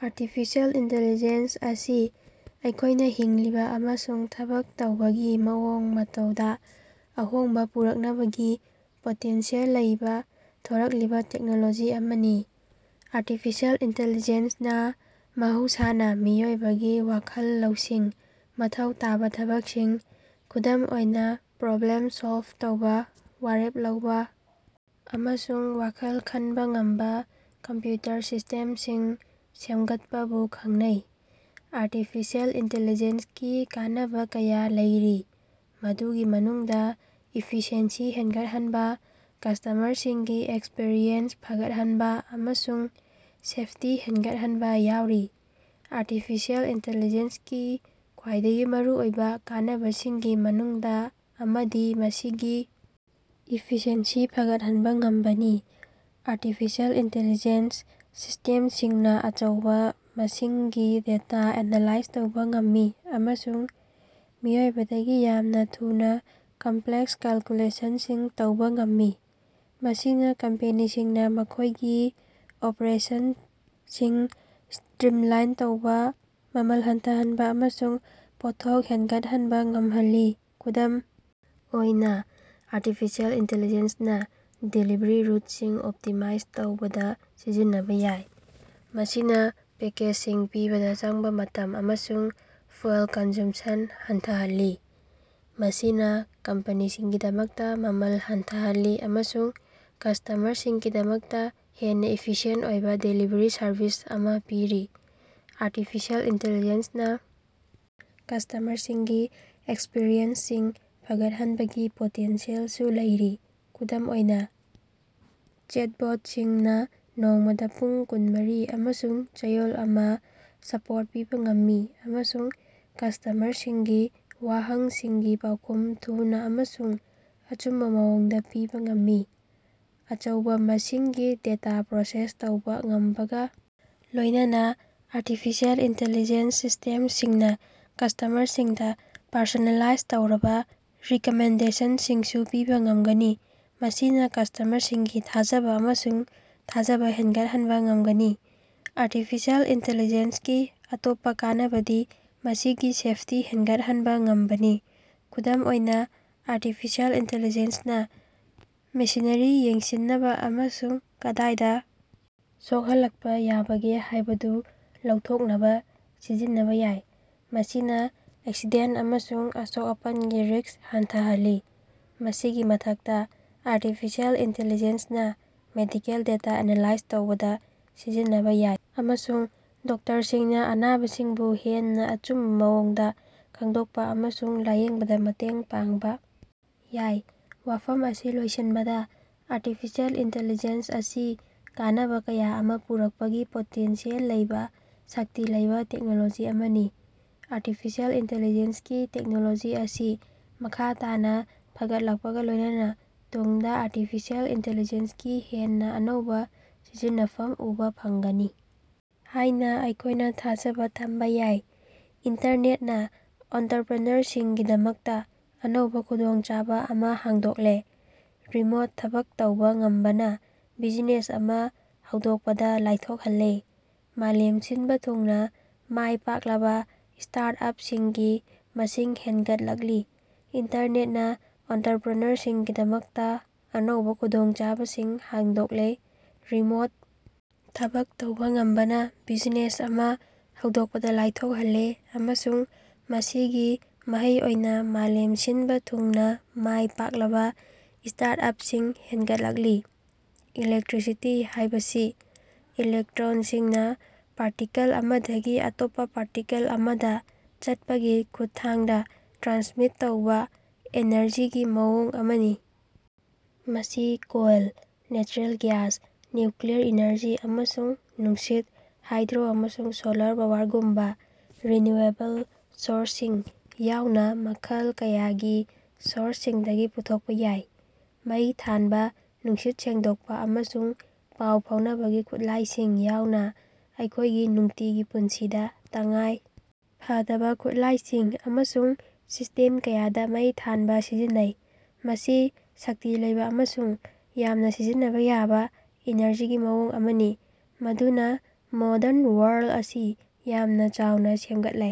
Artificial intelligence ꯑꯁꯤ ꯑꯩꯈꯣꯏꯅ ꯍꯤꯡꯂꯤꯕ ꯑꯃꯁꯨꯡ ꯊꯕꯛ ꯇꯧꯕꯒꯤ ꯃꯑꯣꯡ ꯃꯇꯧꯗ ꯑꯍꯣꯡꯕ ꯄꯨꯔꯛꯅꯕꯒꯤ ꯄꯣꯇꯦꯟꯁꯤꯌꯦꯜ ꯂꯩꯕ ꯊꯣꯔꯛꯂꯤꯕ ꯇꯦꯛꯅꯣꯂꯣꯖꯤ ꯑꯃꯅꯤ꯫ ꯑꯥꯔꯇꯤꯐꯤꯁꯤꯌꯦꯜ ꯏꯟꯇꯦꯂꯤꯖꯦꯟꯁꯅ ꯃꯍꯧꯁꯥꯅ ꯃꯤꯑꯣꯏꯕꯒꯤ ꯋꯥꯈꯜ ꯂꯧꯁꯤꯡ ꯃꯊꯧ ꯇꯥꯕ ꯊꯕꯛꯁꯤꯡ, ꯈꯨꯗꯝ ꯑꯣꯏꯅ ꯄ꯭ꯔꯣꯕ꯭ꯂꯦꯝ ꯁꯣꯜꯚ ꯇꯧꯕ, ꯋꯥꯔꯦꯞ ꯂꯧꯕ, ꯑꯃꯁꯨꯡ ꯋꯥꯈꯜ ꯈꯟꯕ ꯉꯝꯕ ꯀꯝꯄ꯭ꯌꯨꯇꯔ ꯁꯤꯁꯇꯦꯝꯁꯤꯡ ꯁꯦꯝꯒꯠꯄꯕꯨ ꯈꯪꯅꯩ꯫ ꯑꯥꯔꯇꯤꯐꯤꯁꯤꯑꯦꯜ ꯏꯟꯇꯦꯂꯤꯖꯦꯟꯁꯀꯤ ꯀꯥꯟꯅꯕ ꯀꯌꯥ ꯂꯩꯔꯤ꯫ ꯃꯗꯨꯒꯤ ꯃꯅꯨꯡꯗ ꯏꯐꯤꯁꯤꯑꯦꯟꯁꯤ ꯍꯦꯟꯒꯠꯍꯟꯕ, ꯀꯁꯇꯃꯔꯁꯤꯡꯒꯤ ꯑꯦꯛꯁꯄꯤꯔꯤꯌꯦꯟꯁ ꯐꯒꯠꯍꯟꯕ, ꯑꯃꯁꯨꯡ ꯁꯦꯐꯇꯤ ꯍꯦꯟꯒꯠꯍꯟꯕ ꯌꯥꯎꯔꯤ꯫ ꯑꯥꯔꯇꯤꯐꯤꯁꯤꯌꯦꯜ ꯏꯟꯇꯦꯂꯤꯖꯦꯟꯁ ꯀꯤ ꯈ꯭ꯋꯥꯏꯗꯒꯤ ꯃꯔꯨꯑꯣꯏꯕ ꯀꯥꯟꯅꯕꯁꯤꯡꯒꯤ ꯃꯅꯨꯡꯗ ꯑꯃꯗꯤ ꯃꯁꯤꯒꯤ ꯏꯐꯤꯁꯤꯑꯦꯟꯁꯤ ꯐꯒꯠꯍꯟꯕ ꯉꯝꯕꯅꯤ꯫ ꯑꯥꯔꯇꯤꯐꯤꯁꯤꯌꯦꯜ ꯏꯟꯇꯦꯂꯤꯖꯦꯟꯁ ꯁꯤꯁꯇꯦꯝꯁꯤꯡꯅ ꯑꯆꯧꯕ ꯃꯁꯤꯡꯒꯤ ꯗꯦꯇꯥ ꯑꯦꯅꯂꯥꯏꯖ ꯇꯧꯕ ꯉꯝꯃꯤ ꯑꯃꯁꯨꯡ ꯃꯤꯑꯣꯏꯕꯗꯒꯤ ꯌꯥꯝꯅ ꯊꯨꯅ ꯀꯝꯄ꯭ꯂꯦꯛꯁ ꯀꯦꯜꯀꯨꯂꯦꯁꯟꯁꯤꯡ ꯇꯧꯕ ꯉꯝꯃꯤ꯫ ꯃꯁꯤꯅ ꯀꯝꯄꯦꯅꯤꯁꯤꯡꯅ ꯃꯈꯣꯏꯒꯤ ꯑꯣꯄꯔꯦꯁꯟꯁꯤꯡ ꯁ꯭ꯇꯔꯤꯝꯂꯥꯏꯟ ꯇꯧꯕ, ꯃꯃꯜ ꯍꯟꯊꯍꯟꯕ ꯑꯃꯁꯨꯡ ꯄꯣꯠꯊꯣꯛ ꯍꯦꯟꯒꯠꯍꯟꯕ ꯉꯝꯍꯜꯂꯤ꯫ ꯈꯨꯗꯝ ꯑꯣꯏꯅ, ꯑꯥꯔꯇꯤꯐꯤꯁꯤꯌꯦꯜ ꯏꯟꯇꯦꯂꯤꯖꯦꯟꯁꯅ ꯗꯦꯂꯤꯚꯔꯤ ꯔꯨꯠꯁꯤꯡ ꯑꯣꯞꯇꯤꯃꯥꯏꯖ ꯇꯧꯕꯗ ꯁꯤꯖꯤꯟꯅꯕ ꯌꯥꯏ꯫ ꯃꯁꯤꯅ ꯄꯦꯀꯦꯖꯁꯤꯡ ꯄꯤꯕꯗ ꯆꯪꯕ ꯃꯇꯝ ꯑꯃꯁꯨꯡ ꯐ꯭ꯌꯨꯑꯦꯜ ꯀꯟꯖ꯭ꯌꯨꯝꯄꯁꯟ ꯍꯟꯊꯍꯜꯂꯤ꯫ ꯃꯁꯤꯅ ꯀꯝꯄꯦꯅꯤꯁꯤꯡꯒꯤꯗꯃꯛꯇ ꯃꯃꯜ ꯍꯟꯊꯍꯜꯂꯤ ꯑꯃꯁꯨꯡ ꯀꯁꯇꯃꯔꯁꯤꯡꯒꯤꯗꯃꯛꯇ ꯍꯦꯟꯅ ꯏꯐꯤꯁꯤꯌꯦꯟꯇ ꯑꯣꯏꯕ ꯗꯦꯂꯤꯚꯔꯤ ꯁꯔꯚꯤꯁ ꯑꯃ ꯄꯤꯔꯤ꯫ ꯑꯥꯔꯇꯤꯐꯤꯁꯤꯌꯦꯜ ꯏꯟꯇꯦꯂꯤꯖꯦꯟꯁꯅ ꯀꯁꯇꯃꯔꯁꯤꯡꯒꯤ ꯑꯦꯛꯁꯄꯤꯔꯤꯌꯦꯟꯁꯁꯤꯡ ꯐꯒꯠꯍꯟꯕꯒꯤ ꯄꯣꯇꯦꯟꯁꯤꯌꯦꯜꯁꯨ ꯂꯩꯔꯤ꯫ ꯈꯨꯗꯝ ꯑꯣꯏꯅ, ꯆꯦꯠꯕꯣꯠꯁꯤꯡꯅ ꯅꯣꯡꯃꯗ ꯄꯨꯡ ꯀꯨꯟꯃꯔꯤ ꯑꯃꯥꯁꯨꯡ ꯆꯌꯣꯜ ꯑꯃ ꯁꯄꯣꯔꯠ ꯄꯤꯕ ꯉꯝꯃꯤ ꯑꯃꯁꯨꯡ ꯀꯁꯇꯃꯔꯁꯤꯡꯒꯤ ꯋꯥꯍꯪꯁꯤꯡꯒꯤ ꯄꯥꯎꯈꯨꯝ ꯊꯨꯅ ꯑꯃꯁꯨꯡ ꯑꯆꯨꯝꯕ ꯃꯑꯣꯡꯗ ꯄꯤꯕ ꯉꯝꯃꯤ꯫ ꯑꯆꯧꯕ ꯃꯁꯤꯡꯒꯤ ꯗꯦꯇꯥ ꯄ꯭ꯔꯣꯁꯦꯁ ꯇꯧꯕ ꯉꯝꯕꯒ ꯂꯣꯏꯅꯅ ꯑꯥꯔꯇꯤꯐꯤꯁꯤꯌꯦꯜ ꯏꯟꯇꯦꯂꯤꯖꯦꯟꯁ ꯁꯤꯁꯇꯦꯝꯁꯤꯡꯅ ꯀꯁꯇꯃꯔꯁꯤꯡꯗ ꯄꯔꯁꯣꯅꯦꯜꯂꯥꯏꯖ ꯇꯧꯔꯕ ꯔꯤꯀꯃꯦꯟꯗꯦꯁꯟꯁꯤꯡꯁꯨ ꯄꯤꯕ ꯉꯝꯒꯅꯤ꯫ ꯃꯁꯤꯅ ꯀꯁꯇꯃꯔꯁꯤꯡꯒꯤ ꯊꯥꯖꯕ ꯑꯃꯁꯨꯡ ꯊꯥꯖꯕ ꯍꯦꯟꯒꯠꯍꯟꯕ ꯉꯝꯒꯅꯤ꯫ ꯑꯥꯔꯇꯤꯐꯤꯁꯤꯌꯦꯜ ꯏꯟꯇꯦꯂꯤꯖꯦꯟꯁꯀꯤ ꯑꯇꯣꯞꯄ ꯀꯥꯟꯅꯕꯗꯤ ꯃꯁꯤꯒꯤ ꯁꯦꯐꯇꯤ ꯍꯦꯟꯒꯠꯍꯟꯕ ꯉꯝꯕꯅꯤ꯫ ꯈꯨꯗꯝ ꯑꯣꯏꯅ, ꯑꯥꯔꯇꯤꯐꯤꯁꯤꯌꯦꯜ ꯏꯟꯇꯦꯟꯂꯤꯖꯦꯟꯁꯅ ꯃꯦꯁꯤꯅꯔꯤ ꯌꯦꯡꯁꯤꯟꯅꯕ ꯑꯃꯁꯨꯡ ꯀꯗꯥꯏꯗ ꯁꯣꯛꯍꯜꯂꯛꯄ ꯌꯥꯕꯒꯦ ꯍꯥꯏꯕꯗꯨ ꯂꯧꯊꯣꯛꯅꯕ ꯁꯤꯖꯤꯟꯅꯕ ꯌꯥꯏ꯫ ꯃꯁꯤꯅ ꯑꯦꯛꯁꯤꯗꯦꯟꯇ ꯑꯃꯁꯨꯡ ꯑꯁꯣꯛ-ꯑꯄꯟꯒꯤ ꯔꯤꯁ꯭ꯛ ꯍꯟꯊꯍꯜꯂꯤ꯫ ꯃꯁꯤꯒꯤ ꯃꯊꯛꯇ, ꯑꯥꯔꯇꯤꯐꯤꯁꯤꯌꯦꯜ ꯏꯟꯇꯦꯂꯤꯖꯦꯟꯁꯅ ꯃꯦꯗꯤꯀꯜ ꯗꯦꯇꯥ ꯑꯦꯅꯂꯥꯏꯖ ꯇꯧꯕꯗ ꯁꯤꯖꯤꯟꯅꯕ ꯌꯥꯏ ꯑꯃꯁꯨꯡ ꯗꯣꯛꯇꯔꯁꯤꯡꯅ ꯑꯅꯥꯕꯁꯤꯡꯕꯨ ꯍꯦꯟꯅ ꯑꯆꯨꯝꯕ ꯃꯑꯣꯡꯗ ꯈꯪꯗꯣꯛꯄ ꯑꯃꯁꯨꯡ ꯂꯥꯌꯦꯡꯕꯗ ꯃꯇꯦꯡ ꯄꯥꯡꯕ ꯌꯥꯏ꯫ ꯋꯥꯐꯝ ꯑꯁꯤ ꯂꯣꯏꯁꯤꯟꯕꯗ ꯑꯥꯔꯇꯤꯐꯤꯁꯤꯑꯦꯜ ꯏꯟꯇꯦꯂꯤꯖꯦꯟꯁ ꯑꯁꯤ ꯀꯥꯟꯅꯕ ꯀꯌꯥ ꯑꯃ ꯄꯨꯔꯛꯄꯒꯤ ꯄꯣꯇꯦꯟꯁꯤꯌꯦꯜ ꯂꯩꯕ ꯁꯛꯇꯤ ꯂꯩꯕ ꯇꯦꯛꯅꯣꯂꯣꯖꯤ ꯑꯃꯅꯤ꯫ ꯑꯥꯔꯇꯤꯐꯤꯁꯤꯌꯦꯜ ꯏꯟꯇꯦꯂꯤꯖꯦꯟꯁꯀꯤ ꯇꯦꯛꯅꯣꯂꯣꯖꯤ ꯑꯁꯤ ꯃꯈꯥ ꯇꯥꯅ ꯐꯒꯠꯂꯛꯄꯒ ꯂꯣꯏꯅꯅ ꯇꯨꯡꯗ ꯑꯥꯔꯇꯤꯐꯤꯁꯤꯌꯦꯜ ꯏꯟꯇꯦꯂꯤꯖꯦꯟꯁꯀꯤ ꯍꯦꯟꯅ ꯑꯅꯧꯕ ꯁꯤꯖꯤꯟꯅꯐꯝ ꯎꯕ ꯐꯪꯒꯅꯤ ꯍꯥꯏꯅ ꯑꯩꯈꯣꯏꯅ ꯊꯥꯖꯕ ꯊꯝꯕ ꯌꯥꯏ꯫ ꯏꯟꯇꯔꯅꯦꯠꯅ ꯑꯣꯟꯇꯔꯄ꯭ꯔꯦꯅꯔꯁꯤꯡꯒꯤꯗꯃꯛꯇ ꯑꯅꯧꯕ ꯈꯨꯗꯣꯡꯆꯥꯕ ꯑꯃ ꯍꯥꯡꯗꯣꯛꯂꯦ꯫ ꯔꯤꯃꯣꯠ ꯊꯕꯛ ꯇꯧꯕ ꯉꯝꯕꯅ ꯕꯤꯖꯤꯅꯦꯁ ꯑꯃ ꯍꯧꯗꯣꯛꯄꯗ ꯂꯥꯏꯊꯣꯛꯍꯜꯂꯦ꯫ ꯃꯥꯂꯦꯝ ꯁꯤꯟꯕ ꯊꯨꯡꯅ ꯃꯥꯏ ꯄꯥꯛꯂꯕ ꯁ꯭ꯇꯥꯔꯠ-ꯑꯞꯁꯤꯡꯒꯤ ꯃꯁꯤꯡ ꯍꯦꯟꯒꯠꯂꯛꯂꯤ꯫ ꯏꯟꯇꯔꯅꯦꯠꯅ ꯑꯣꯟꯇꯔꯄ꯭ꯔꯦꯅꯔꯁꯤꯡꯒꯤꯗꯃꯛꯇ ꯑꯅꯧꯕ ꯈꯨꯗꯣꯡꯆꯥꯕꯁꯤꯡ ꯍꯥꯡꯗꯣꯛꯂꯦ꯫ ꯔꯤꯃꯣꯠ ꯊꯕꯛ ꯇꯧꯕ ꯉꯝꯕꯅ ꯕꯤꯖꯤꯅꯦꯁ ꯑꯃ ꯍꯧꯗꯣꯛꯄꯗ ꯂꯥꯏꯊꯣꯛꯍꯜꯂꯦ ꯑꯃꯁꯨꯡ ꯃꯁꯤꯒꯤ ꯃꯍꯩ ꯑꯣꯏꯅ ꯃꯥꯂꯦꯝ ꯁꯤꯟꯕ ꯊꯨꯡꯅ ꯃꯥꯏ ꯄꯥꯛꯂꯕ ꯁ꯭ꯇꯥꯔꯠ-ꯑꯞꯁꯤꯡ ꯍꯦꯟꯒꯠꯂꯛꯂꯤ꯫ ꯏꯂꯦꯛꯇ꯭ꯔꯤꯁꯤꯇꯤ ꯍꯥꯏꯕꯁꯤ ꯏꯂꯦꯛꯇ꯭ꯔꯣꯟꯁꯤꯡꯅ ꯄꯥꯔꯇꯤꯀꯜ ꯑꯃꯗꯒꯤ ꯑꯇꯣꯞꯄ ꯄꯥꯔꯇꯤꯀꯜ ꯑꯃꯗ ꯆꯠꯄꯒꯤ ꯈꯨꯠꯊꯥꯡꯗ ꯇ꯭ꯔꯥꯟꯁꯃꯤꯠ ꯇꯧꯕ ꯑꯦꯅꯔꯖꯤꯒꯤ ꯃꯑꯣꯡ ꯑꯃꯅꯤ꯫ ꯃꯁꯤ coal, natural gas, nuclear energy ꯑꯃꯁꯨꯡ ꯅꯨꯡꯁꯤꯠ, ꯍꯥꯏꯗ꯭ꯔꯣ, ꯑꯃꯁꯨꯡ ꯁꯣꯂꯔ ꯄꯥꯋꯔꯒꯨꯝꯕ ꯔꯤꯅ꯭ꯌꯨꯑꯦꯕꯜ ꯁꯣꯔꯁꯁꯤꯡ ꯌꯥꯎꯅ ꯃꯈꯜ ꯀꯌꯥꯒꯤ ꯁꯣꯔꯁꯁꯤꯡꯗꯒꯤ ꯄꯨꯊꯣꯛꯄ ꯌꯥꯏ꯫ ꯃꯩ ꯊꯥꯟꯕ, ꯅꯨꯡꯁꯤꯠ ꯁꯦꯡꯗꯣꯛꯄ ꯑꯃꯁꯨꯡ ꯄꯥꯎ ꯐꯥꯎꯅꯕꯒꯤ ꯈꯨꯠꯂꯥꯏꯁꯤꯡ ꯌꯥꯎꯅ ꯑꯩꯈꯣꯏꯒꯤ ꯅꯨꯡꯇꯤꯒꯤ ꯄꯨꯟꯁꯤꯗ ꯇꯉꯥꯏ ꯐꯗꯕ ꯈꯨꯠꯂꯥꯏꯁꯤꯡ ꯑꯃꯁꯨꯡ ꯁꯤꯁꯇꯦꯝ ꯀꯌꯥꯗ ꯃꯩ ꯊꯥꯟꯕ ꯁꯤꯖꯤꯟꯅꯩ꯫ ꯃꯁꯤ ꯁꯛꯇꯤ ꯂꯩꯕ ꯑꯃꯁꯨꯡ ꯌꯥꯝꯅ ꯁꯤꯖꯤꯟꯅꯕ ꯌꯥꯕ ꯏꯅꯔꯖꯤꯒꯤ ꯃꯑꯣꯡ ꯑꯃꯅꯤ ꯃꯗꯨꯅ ꯃꯣꯗꯔꯟ ꯋꯥꯔꯜꯗ ꯑꯁꯤ ꯌꯥꯝꯅ ꯆꯥꯎꯅ ꯁꯦꯝꯒꯠꯂꯦ꯫